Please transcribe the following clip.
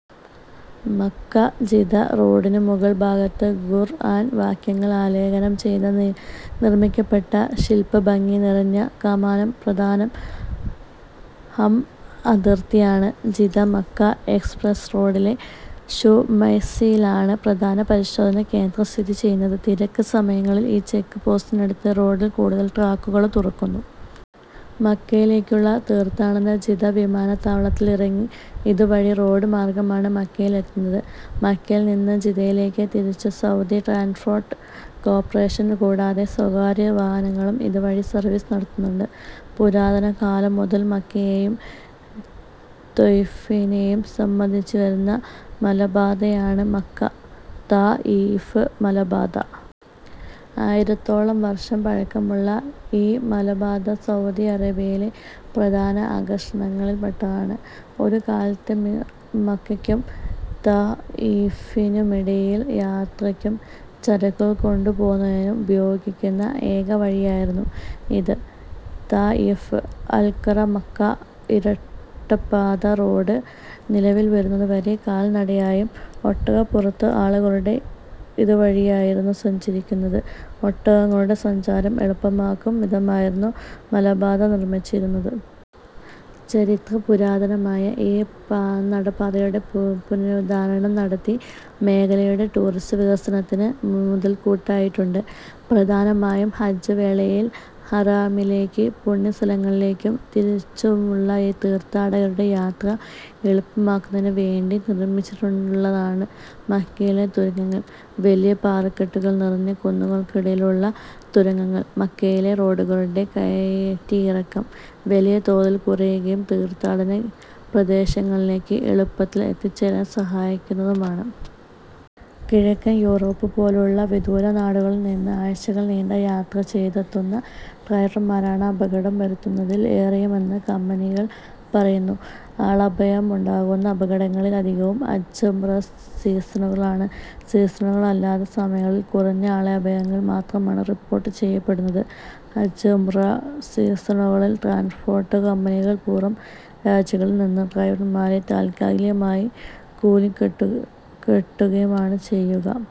Mecca Jeddah റോഡിനു മുകൾ ഭാഗത്ത് ഖുർആൻ വാക്യങ്ങൾ ആലേഖനം ചെയ്ത നിർമ്മിക്കപ്പെട്ട ശിൽപ്പഭംഗി നിറഞ്ഞ കമാനം പ്രധാന ഹറം അതിർത്തി ആണ്. ജിദ്ദ-മക്ക എക്സപ്രസ് റോഡിലെ ശുമൈസിയിലാണ് പ്രധാന പരിശോധനാ കേന്ദ്രം സ്ഥിതി ചെയ്യുന്നത്. തിരക്ക് സമയങ്ങളിൽ ഈ ചെക്ക് പോസ്റ്റിനടുത്ത് റോഡിൽ കൂടുതൽ ട്രാക്കുകളും തുറക്കുന്നു. മക്കയിലേക്കുള്ള തീർത്ഥാടകർ ജിദ്ദ വിമാനത്താവളത്തിൽ ഇറങ്ങി ഇത് വഴി റോഡ് മാർഗ്ഗമാണ് മക്കയിലെത്തുന്നത്. മക്കയിൽ നിന്നും ജിദ്ദയിലേക്കും തിരിച്ചും സൗദി ട്രാൻസ്പോർട്ട് കോർപറേഷൻ കൂടാതെ സ്വകാര്യ വാഹനങ്ങളും ഇത് വഴി സർവീസ് നടത്തുന്നുണ്ട്. പുരാതന കാലം മുതൽ മക്കയെയും ത്വായിഫിനെയും ബന്ധിപ്പിച്ചിരുന്ന മലമ്പാതയാണ് മക്ക-താഇഫ് മലമ്പാത. ആയിരത്തോളം വർഷം പഴക്കമുള്ള ഈ മലമ്പാത സൗദി അറേബ്യയിലെ പ്രധാന ആകർഷണങ്ങളിൽ പെട്ടതാണ്. ഒരു കാലത്ത് മക്കക്കും താഇഫിനുമിടയിൽ യാത്രക്കും ചരക്കുകൾ കൊണ്ടുപോകുന്നതിനും ഉപയോഗിച്ചിരുന്ന ഏക വഴിയായിരുന്നു ഇത്. താഇഫ് അൽകറ-മക്ക ഇരട്ടപ്പാത റോഡ് നിലവിൽവരുന്നതുവരെ കാൽനടയായും ഒട്ടകപ്പുറത്തും ആളുകളുടെ ഇതുവഴിയായിരുന്നു സഞ്ചരിച്ചിരുന്നത്. ഒട്ടകങ്ങളുടെ സഞ്ചാരം എളുപ്പമാക്കും വിധമായിരുന്നു മലമ്പാത നിർമ്മിച്ചിരുന്നത്. ചരിത്ര പുരാതനമായ ഈ നടപ്പാതയുടെ പുനരുദ്ധാരണം നടത്തി മേഖലയുടെ ടൂറിസ വികസനത്തിന് മുതൽക്കൂട്ടാക്കിയിട്ടുണ്ട്. പ്രധാനമായും ഹജ്ജ് വേളയിൽ ഹറമിലേക്കും പുണ്യസ്ഥലങ്ങളിലേക്കും തിരിച്ചുമുള്ള തീർത്ഥാടകരുടെ യാത്ര എളുപ്പമാക്കുന്നതിനു വേണ്ടി നിർമ്മിച്ചിട്ടുള്ളതാണ് മക്കയിലെ തുരങ്കങ്ങൾ. വലിയ പാറക്കെട്ടുകൾ നിറഞ്ഞ കുന്നുകൾക്കിടയിലൂടെയുള്ള തുരങ്കങ്ങൾ മക്കയിലെ റോഡുകളുടെ കയറ്റിറക്കം വലിയ തോതിൽ കുറക്കുകയും തീർത്ഥാടന പ്രദേശങ്ങളിലേക്ക് എളുപ്പത്തിൽ എത്തിച്ചേരാൻ സഹായിക്കുന്നതുമാണ്. കിഴക്കൻ യൂറോപ്പ് പോലുള്ള വിദൂര നാടുകളിൽ നിന്ന് ആഴ്ചകൾ നീണ്ട യാത്ര ചെയ്തെത്തുന്ന ഡ്രൈവർമാരാണ് അപകടം വരുത്തുന്നതിൽ ഏറെയുമെന്ന് കമ്പനികൾ പറയുന്നു. ആളപായമുണ്ടാകുന്ന അപകടങ്ങളിൽ അധികവും ഹജ്ജ്-ഉംറ സീസണുകളിലാണ്. സീസണുകളല്ലാത്ത സമയങ്ങളിൽ കുറഞ്ഞ ആളപായങ്ങൾ മാത്രമാണ് റിപ്പോർട്ട് ചെയ്യപ്പെടുന്നത്. ഹജ്ജ്-ഉംറ സീസണുകളിൽ ട്രാൻസ്പോർട്ട് കമ്പനികൾ പുറം രാജ്യങ്ങളിൽനിന്ന് ഡ്രൈവർമാരെ താൽക്കാലികമായി കൂലിക്കെടുക്കുകയാണ് ചെയ്യുക.